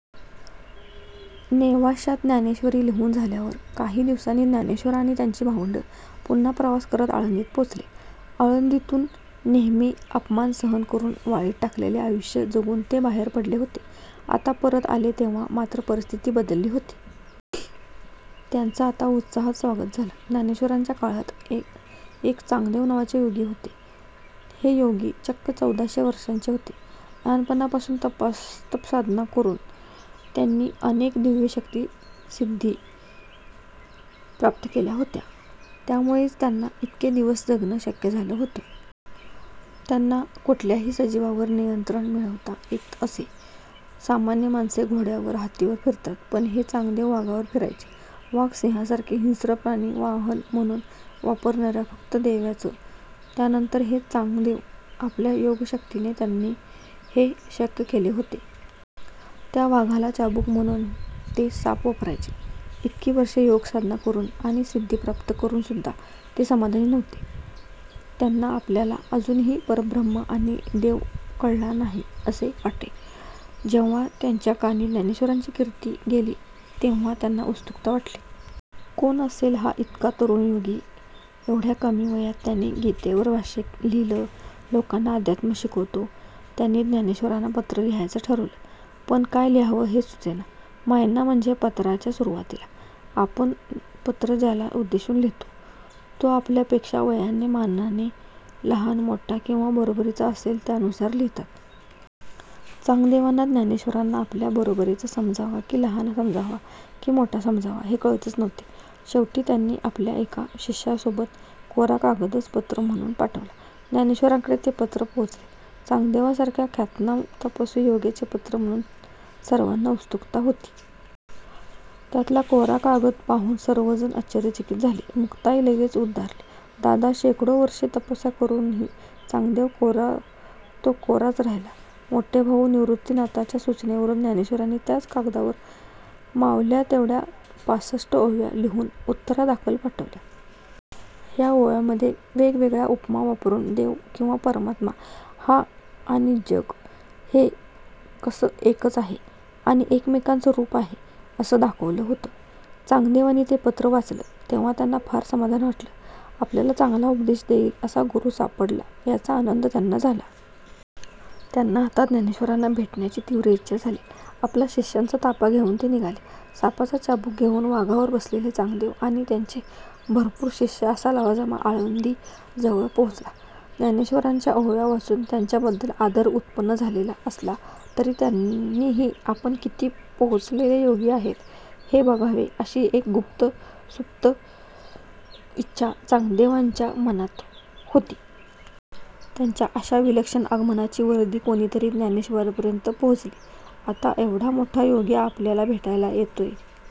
नेवाश्यात ज्ञानेश्वरी लिहुन झाल्यावर काही दिवसांनी ज्ञानेश्वर आणि त्यांची भावंडे पुन्हा प्रवास करत आळंदीत पोहोचले. आळंदीतुन नेहमी अपमान सहन करून, वाळीत टाकलेले आयुष्य जगून ते बाहेर पडले होते. आता परत आले तेव्हा मात्र परिस्थिती बदलली होती. त्यांचं आता उत्साहात स्वागत झालं. ज्ञानेश्वरांच्या काळात एक चांगदेव नावाचे योगी होते. हे योगी चक्क चौदाशे वर्षांचे होते. लहानपणापासुन तपसाधना करून त्यांनी अनेक दिव्य शक्ती, सिद्धी प्राप्त केल्या होत्या. त्यामुळेच त्यांना इतके दिवस जगणं शक्य झालं होतं. त्यांना कुठल्याही सजीवांवर नियंत्रण मिळवता येत असे. सामान्य माणसे घोड्यावर, हत्तीवर फिरतात. पण हे चांगदेव वाघावर फिरायचे. वाघ सिंहासारखे हिंस्त्र प्राणी वाहन म्हणून वापरणाऱ्या फक्त देव्याच. त्यानंतर हे चांगदेव. आपल्या योगशक्तीने त्यांनी हे शक्य केले होते. त्या वाघाला चाबुक म्हणुन ते साप वापरायचे. इतकी वर्षे योगसाधना करून आणि सिद्धी प्राप्त करूनसुद्धा ते समाधानी नव्हते. त्यांना आपल्याला अजुनही परब्रह्म म्हणजे देव कळला नाही असे वाटे. जेव्हा त्यांच्या कानी ज्ञानेश्वरांची कीर्ती गेली तेव्हा त्यांना उत्सुकता वाटली. कोण असेल हा इतका तरुण योगी? एवढ्या कमी वयात याने गीतेवर भाष्य लिहिलं, लोकांना अध्यात्म शिकवतो. त्यांनी ज्ञानेश्वरांना पत्र लिहायचं ठरवलं. पण काय लिहावं हेच सुचेना. मायना म्हणजे पत्राच्या सुरुवातीला आपण पत्र ज्याला उद्देशुन लिहितो तो आपल्या पॆक्षा वयाने मानाने लहान मोठा किंवा बरोबरीचा असेल त्यानुसार लिहितात. चांगदेवांना ज्ञानेश्वरांना आपल्या बरोबरीचा समजावा कि लहान समजावा कि मोठा समजावा हे कळत नव्हते. शेवटी त्यांनी आपल्या एका शिष्यासोबत कोरा कागदच पत्र म्हणुन पाठवला. ज्ञानेश्वरांकडे ते पत्र पोहोचलं. चांगदेवांसारख्या ख्यातनाम तपस्वी योग्याचे पत्र म्हणुन सर्वांना उत्सुकता होती. त्यातला कोरा कागद पाहुन सर्वजण आश्चर्यचकित झाले. मुक्ताई लगेच उद्गारली दादा शेकडो वर्षे तपस्या करूनही चांगदेव कोरा तो कोराच राहिला. मोठे भाऊ निवृत्तीनाथांच्या सुचनेवरून ज्ञानेश्वरांनी त्याच कागदावर मावल्या तेवढ्या पासष्ट ओव्या लिहुन उत्तरादाखल पाठवल्या. ह्या ओव्यांमध्ये वेगवेगळ्या उपमा वापरून देव किंवा परमात्मा हा आणि जग हे कसं एकच आहे आणि एकमेकांचं रूप आहे असं दाखवलं होतं. चांगदेवांनी ते पत्र वाचलं तेव्हा त्यांना फार समाधान वाटलं. आपल्याला चांगला उपदेश देईल असा गुरु सापडला याचा आनंद त्यांना झाला. त्यांना आता ज्ञानेश्वरांना भेटण्याची तीव्र इच्छा झाली. आपला शिष्यांचा ताफा घेऊन ते निघाले. सापाचा चाबुक घेऊन वाघावर बसलेले चांगदेव आणि त्यांचे भरपूर शिष्य असा लवाजमा आळंदी जवळ पोहोचला. ज्ञानेश्वरांच्या ओव्या वाचुन त्यांच्याबद्दल आदर उत्पन्न झालेला असला तरी त्यांनीही आपण किती पोहोचलेले योगी आहोत हे बघावे अशी एक सुप्त इच्छा चांगदेवांच्या मनात होती. त्यांच्या अशा विलक्षण आगमनाची वर्दी कोणीतरी ज्ञानेश्वरांपर्यंत पोहोचली. आता एवढा मोठा योगी आपल्याला भेटायला येतोय